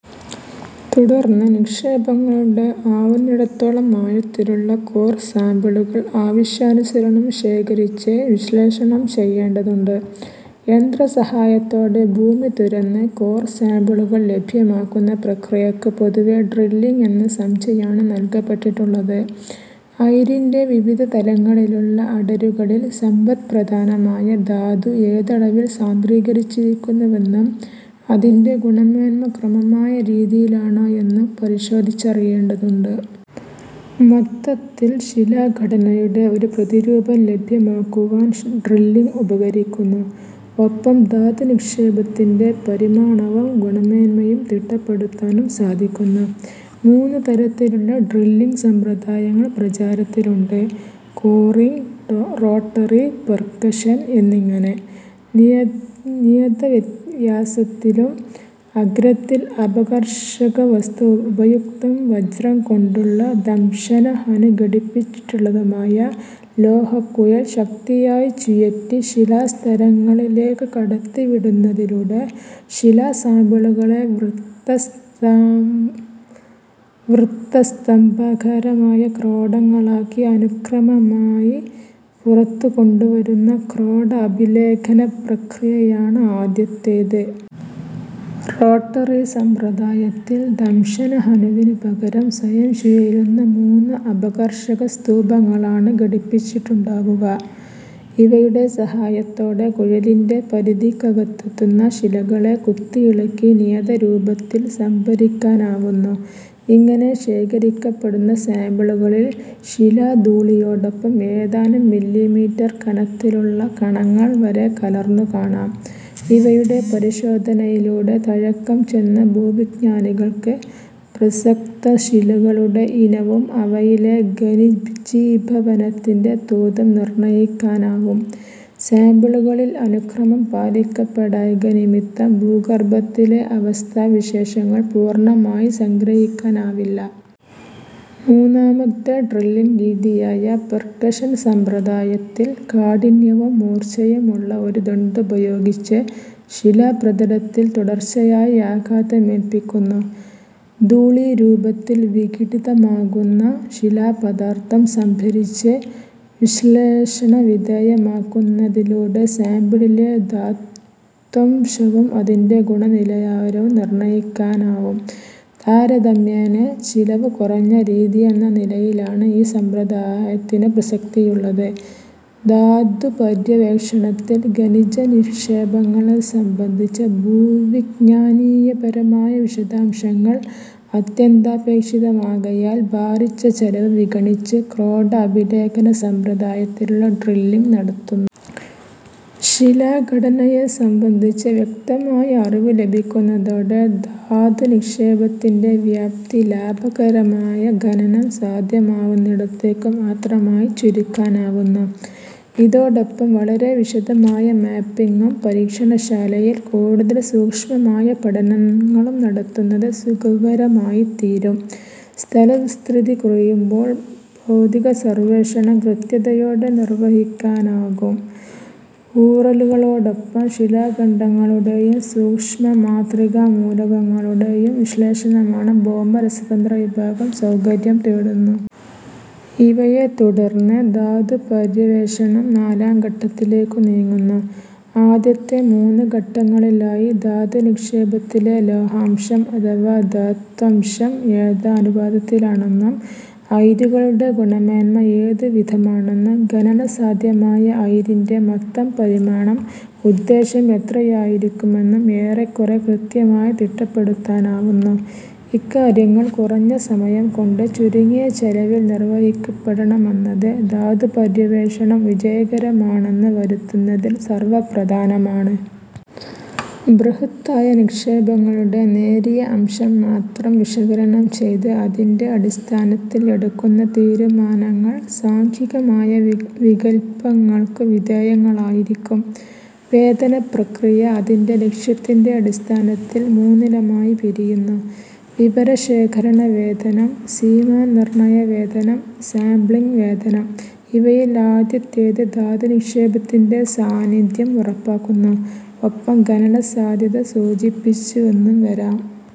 തുടർന്ന് നിക്ഷേപങ്ങളുടെ ആവുന്നിടത്തോളം ആഴത്തിലുള്ള കോർ സാമ്പിളുകൾ ആവശ്യാനുസരണം ശേഖരിച്ച് വിശ്ലേഷണം ചെയ്യേണ്ടതുണ്ട്. യന്ത്രസഹായത്തോടെ ഭൂമി തുരന്ന് കോർ സാമ്പിളുകൾ ലഭ്യമാക്കുന്ന പ്രക്രിയയ്ക്ക് പൊതുവേ ഡ്രില്ലിങ് എന്ന സംജ്ഞയാണ് നല്കപ്പെട്ടിട്ടുള്ളത്. അയിരിന്റെ വിവിധ തലങ്ങളിലുള്ള അടരുകളിൽ സമ്പദ്പ്രധാനമായ ധാതു ഏതളവിൽ സാന്ദ്രീകരിച്ചിരിക്കുന്നുവെന്നും അതിന്റെ ഗുണമേന്മ ക്രമമായ രീതിയിലാണോ എന്നും പരിശോധിച്ചറിയേണ്ടതുണ്ട്. മൊത്തത്തിൽ ശിലാഘടനയുടെ ഒരു പ്രതിരൂപം ലഭ്യമാക്കുവാൻ ഡ്രില്ലിങ് ഉപകരിക്കുന്നു. ഒപ്പം ധാതുനിക്ഷേപത്തിന്റെ പരിമാണവും ഗുണമേന്മയും തിട്ടപ്പെടുത്താനും സാധിക്കുന്നു. മൂന്നുതരത്തിലുള്ള ഡ്രില്ലിങ് സമ്പ്രദായങ്ങൾ പ്രചാരത്തിലുണ്ട്: കോറിങ്, റോട്ടറി, പെർക്കഷൻ എന്നിങ്ങനെ. നിയത വ്യാസത്തിലും അഗ്രത്തിൽ അപഘർഷക വസ്തു ഉപയുക്തം വജ്രം കൊണ്ടുള്ള ദംശന-ഹനു ഘടിപ്പിച്ചിട്ടുള്ളതുമായ ലോഹക്കുഴൽ ശക്തിയായി ചുഴറ്റി ശിലാസ്തരങ്ങളിലേക്ക് കടത്തിവിടുന്നതിലൂടെ ശിലാസാമ്പിളുകളെ വൃത്തസ്തംഭാകാരമായ ക്രോഡങ്ങളാക്കി അനുക്രമമായി പുറത്തുകൊണ്ടുവരുന്ന 'ക്രോഡ-അഭിലേഖന' പ്രക്രിയയാണ് ആദ്യത്തേത്. റോട്ടറി സമ്പ്രദായത്തിൽ ദംശനഹനുവിനു പകരം സ്വയം ചുഴലുന്ന മൂന്ന് അപഘർഷക-സ്തൂപങ്ങളാണ് ഘടിപ്പിച്ചിട്ടുണ്ടാവുക. ഇവയുടെ സഹായത്തോടെ കുഴലിന്റെ പരിധിക്കകത്തെത്തുന്ന ശിലകളെ കുത്തിയിളക്കി നിയത രൂപത്തിൽ സംഭരിക്കാനാവുന്നു; ഇങ്ങനെ ശേഖരിക്കപ്പെടുന്ന സാമ്പിളുകളിൽ ശിലാധൂളിയോടൊപ്പം ഏതാനും മി. മീ. കനത്തിലുള്ള കണങ്ങൾ വരെ കലർന്നു കാണാം. ഇവയുടെ പരിശോധനയിലൂടെ തഴക്കംചെന്ന ഭൂവിജ്ഞാനികൾക്ക് പ്രസക്ത ശിലകളുടെഇനവും അവയിലെ ഖനിജീഭവനത്തിന്റെ തോതും നിർണയിക്കാനാവും; സാമ്പിളുകളിൽ അനുക്രമം പാലിക്കപ്പെടായ്ക നിമിത്തം ഭൂഗർഭത്തിലെ അവസ്ഥാവിശേഷങ്ങൾ പൂർണമായി സംഗ്രഹിക്കാനാവില്ല. മൂന്നാമത്തെ ഡ്രില്ലിങ് രീതിയായ പെർക്കഷൻ സമ്പ്രദായത്തിൽ കാഠിന്യവും മൂർച്ചയും ഉള്ള ഒരു ദണ്ഡുപയോഗിച്ച് ശിലാപ്രതലത്തിൽ തുടർച്ചയായി ആഘാതമേല്പിക്കുന്നു; ധൂളീരൂപത്തിൽ വിഘടിതമാവുന്ന ശിലാപദാർഥം സംഭരിച്ച് വിശ്ളേഷണവിധേയമാക്കുന്നതിലൂടെ സാമ്പിളിലെ ധാത്വംശവും അതിന്റെ ഗുണനിലവാരവും നിർണയിക്കാനാവും. താരതമ്യേന ചെലവുകുറഞ്ഞ രീതിയെന്നനിലയിലാണ് ഈ സമ്പ്രദായത്തിനു പ്രസക്തിയുള്ളത്. ധാതുപര്യവേക്ഷണത്തിൽ ഖനിജ നിക്ഷേപങ്ങളെ സംബന്ധിച്ച ഭൂവിജ്ഞാനീയപരമായ വിശദാംശങ്ങൾ അത്യന്താപേക്ഷിതമാകയാൽ ഭാരിച്ച ചെലവ് വിഗണിച്ച് ക്രോഡ-അഭിലേഖനസമ്പ്രദായത്തിലുള്ള ഡ്രില്ലിങ് നടത്തുന്നു. ശിലാഘടനയെ സംബന്ധിച്ച് വ്യക്തമായ അറിവ് ലഭിക്കുന്നതോടെ ധാതുനിക്ഷേപത്തിന്റെ വ്യാപ്തി ലാഭകരമായ ഖനനം സാധ്യമാവുന്നിടത്തേക്കു മാത്രമായി ചുരുക്കാനാവുന്നു. ഇതോടൊപ്പം വളരെ വിശദമായ മാപ്പിങ്ങും പരീക്ഷണശാലയിൽ കൂടുതൽ സൂക്ഷ്മമായ പഠനങ്ങളും നടത്തുന്നത് സുകരമായിത്തീരും. സ്ഥലവിസ്തൃതി കുറയുമ്പോൾ ഭൂഭൌതിക സർവേഷണം കൃത്യതയോടെ നിർവഹിക്കാനാവും. ഊറലുകളോടൊപ്പം ശിലാഖണ്ഡങ്ങളുടെയും സൂക്ഷ്മമാത്രികാമൂലകങ്ങളുടെയും വിശ്ലേഷണത്തിന് ഭൗമ രസതന്ത്ര വിഭാഗം സൗകര്യം തേടുന്നു. ഇവയെത്തുടർന്ന് ധാതുപര്യവേഷണം നാലാം ഘട്ടത്തിലേക്കു നീങ്ങുന്നു. ആദ്യത്തെ മൂന്നുഘട്ടങ്ങളിലായി ധാതുനിക്ഷേപത്തിലെ ലോഹാംശം അഥവാ ധാത്വംശം ഏതനുപാതത്തിലാണെന്നും അയിരുകളുടെ ഗുണമേന്മ ഏതു വിധമാണെന്നും, ഖനന സാധ്യമായ അയിരിന്റെ മൊത്തം പരിമാണം ഉദ്ദേശം എത്രയായിരിക്കുമെന്നും ഏറെക്കുറെ കൃത്യമായി തിട്ടപ്പെടുത്താനാവുന്നു. ഇക്കാര്യങ്ങൾ കുറഞ്ഞ സമയംകൊണ്ട്, ചുരുങ്ങിയ ചെലവിൽ നിർവഹിക്കപ്പെടണമെന്നത്, ധാതുപര്യവേഷണം വിജയകരമാണെന്നു വരുത്തുന്നതിൽ സർവപ്രധാനമാണ്. ബൃഹത്തായ നിക്ഷേപങ്ങളുടെ നേരിയ അംശം മാത്രം വിശകലനം ചെയ്ത് അതിന്റെ അടിസ്ഥാനത്തിൽ എടുക്കുന്ന തീരുമാനങ്ങൾ സാംഖ്യികമായ വികല്പങ്ങൾക്കു വിധേയങ്ങളായിരിക്കും. വേധന പ്രക്രിയ, അതിന്റെ ലക്ഷ്യത്തിന്റെ അടിസ്ഥാനത്തിൽ മൂന്നിനമായി പിരിയുന്നു: വിവരശേഖരണ വേധനം; സീമാനിർണയന വേധനം; സാമ്പ്ളിങ് വേധനം. ഇവയിൽ ആദ്യത്തേത് ധാതുനിക്ഷേപത്തിന്റെ സാന്നിധ്യം ഉറപ്പാക്കുന്നു; ഒപ്പം ഖനനസാധ്യത സൂചിപ്പിച്ചുവെന്നുംവരാം.